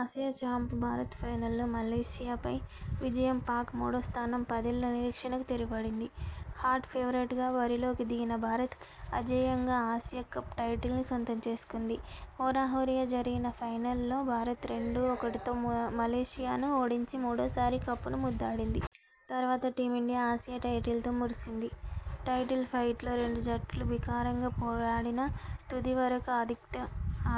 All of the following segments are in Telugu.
ఆసియా చాంప్ భారత్ ఫైనల్లో మలేసియాపై విజయం పాక్కు మూడో స్థానం పదేళ్ల నిరీక్షణకు తెరపడింది. హాట్ ఫేవరెట్ గా బరిలోకి దిగిన భారత్. అజేయంగా ఆసియా కప్ టైటిల్ ను సొంతం చేసుకుంది. హోరాహోరీగా జరిగిన ఫైనల్ లో భారత్ రెండు ఒకటితో మలేసియాను ఓడించి మూడోసారి కప్ ను ముద్దాడింది. తర్వాత టీమిండియా ఆసియా టైటిల్ తో మురిసింది. టైటిల్ ఫైట్ లో రెండు జట్లూ భీకరంగా పోరాడినా. తుది వరకు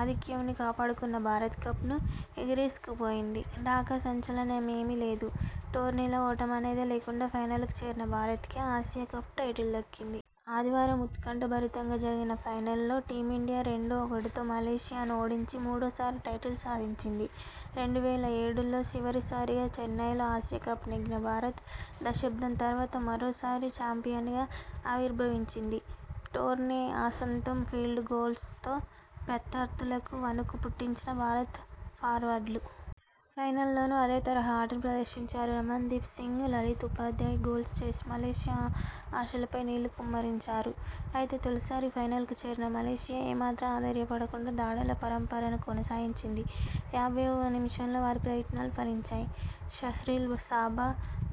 ఆధిక్యం ని కాపాడుకున్న భారత్ కప్ ను ఎగరేసుకుపోయింది. ఢాకా సంచలనమేమీ లేదు. టోర్నీలో ఓటమనేదే లేకుండా ఫైనల్ కు చేరిన భారత్ కే ఆసియా కప్ టైటిల్ దక్కింది. ఆదివారం ఉత్కంఠభరితంగా జరిగిన ఫైనల్ లో టీం ఇండియా రెండు ఒకటితో మలేసియాను ఓడించి మూడోసారి టైటిల్ సాధించింది. రెండు వేల ఏడులో చివరిసారిగా చెన్నైలో ఆసియా కప్ నెగ్గిన భారత్. దశాబ్దం తర్వాత మరో సారి చాంపియన్ గా ఆవిర్భవించింది. టోర్నీ ఆసాంతం ఫీల్డ్ గోల్స్ తో ప్రత్య ర్థులకు వణకు పుట్టించిన భారత ఫార్వర్డ్లు. ఫైనల్లోనూ అదే తరహా ఆటను ప్రదర్శించారు. రమణ్దీప్ సింగ్, లలిత్ ఉపాధ్యాయ్ గోల్స్ చేసి మలేసియా ఆశలపై నీళ్లు కుమ్మరించారు. అయితే తొలిసారి ఫైనల్కు చేరిన మలేసియా ఏమాత్రం అధైర్యపడకుండా దాడుల పరంపరను కొనసాగించింది. యాభైవ నిమిషంలో వారి ప్రయత్నాలు ఫలించాయి. షహ్రీల్ సాబా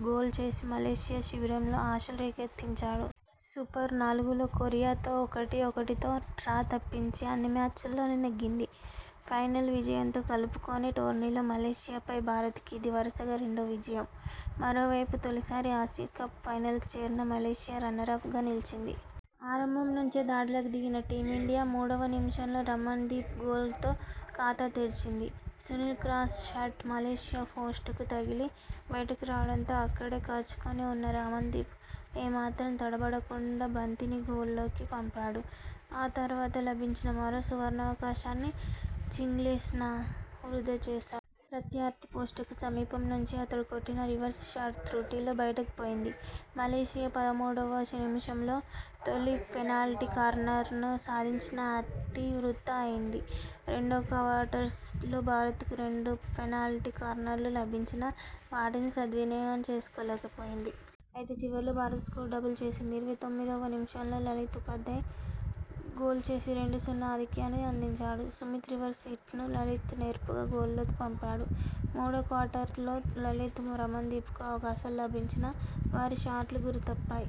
గోల్ చేసి మలేసియా శిబిరంలో ఆశలు రేకెత్తించాడు. సూపర్ నాలుగులో కొరియాతో ఒకటి ఒకటితో డ్రా తప్పించి అన్ని మ్యాచ్ల్లోనూ నెగ్గింది. ఫైనల్ విజయంతో కలుపుకుని టోర్నీలో మలేసియా పై భారత్ కు ఇది వరుసగా రెండో విజయం. మరో వైపు తొలిసారి ఆసియా కప్ ఫైనల్ కు చేరిన మలేసియా రన్నరప్ గా నిలిచింది. ఆరంభం నుంచే దాడులకు దిగిన టీం ఇండియా మూడువ నిమిషంలో రమణ్దీప్ గోల్ తో ఖాతా తెరిచింది. సునీల్ క్రాస్ షాట్ మలేసియా పోస్టుకు తగిలి బయటకు రావడంతో అక్కడే కాచుకుని ఉన్న రమణ్దీప్ ఏమాత్రం తడబడకుండా బంతిని గోల్లోకి పంపాడు. ఆ తర్వాత లభించిన మరో సువర్ణావకాశాన్ని చింగ్లేసనా వృథా చేశాడు. ప్రత్యర్థి పోస్టుకు సమీపం నుంచి అతడు కొట్టిన రివర్స్ షాట్ త్రుటిలో బయటకు పోయింది. మలేసియా పదమూడువ నిమిషంలో తొలి పెనాల్టీ కార్నర్ ను సాధించినా అది వృథా అయింది. రెండో క్వార్టర్స్ లో భారత్ కు రెండు పెనాల్టీ కార్నర్ లు లభించినా వాటిని సద్వినియోగం చేసుకోలేక పోయింది. అయితే చివర్లో భారత్ స్కోరు డబుల్ చేసింది. ఇరవై తొమ్మిదివ నిమిషంలో లలిత్ ఉపాధ్యాయ్ గోల్చేసి రెండు సున్నా ఆధిక్యాన్ని అందించాడు. సుమీత్ రివర్స్ హిట్ను లలిత్ నేర్పుగా గోల్ లోకి పంపాడు. మూడో క్వార్టర్ లో లలిత్, రమణ్దీప్ కు అవకాశాలు లభించినా వారి షాట్లు గురి తప్పాయి.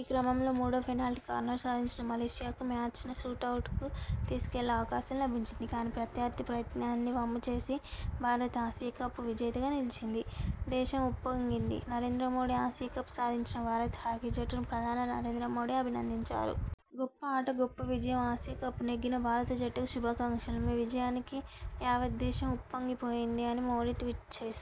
ఈ క్రమంలో మూడో పెనాల్టీ కార్నర్ సాధించిన మలేసియాకు మ్యాచ్ ను షూటౌట్ కు తీసుకెళ్లే అవకాశం లభించింది. కానీ, ప్రత్యర్థి ప్రయత్నాన్ని వమ్ము చేసిన భారత్ ఆసియా కప్ విజేతగా నిలిచింది. దేశం ఉప్పొంగింది.. నరేంద్ర మోదీ ఆసియా కప్ సాధించిన భారత హాకీ జట్టును ప్రధాని నరేంద్ర మోదీ అభినందించారు. 'గొప్ప ఆట గొప్ప విజయం. ఆసియా కప్ నెగ్గిన భారత జట్టుకు శుభాకాంక్షలు. మీ విజయానికి యావద్దేశం ఉప్పొంగి పోయింది' అని మోదీ ట్వీట్ చేశారు.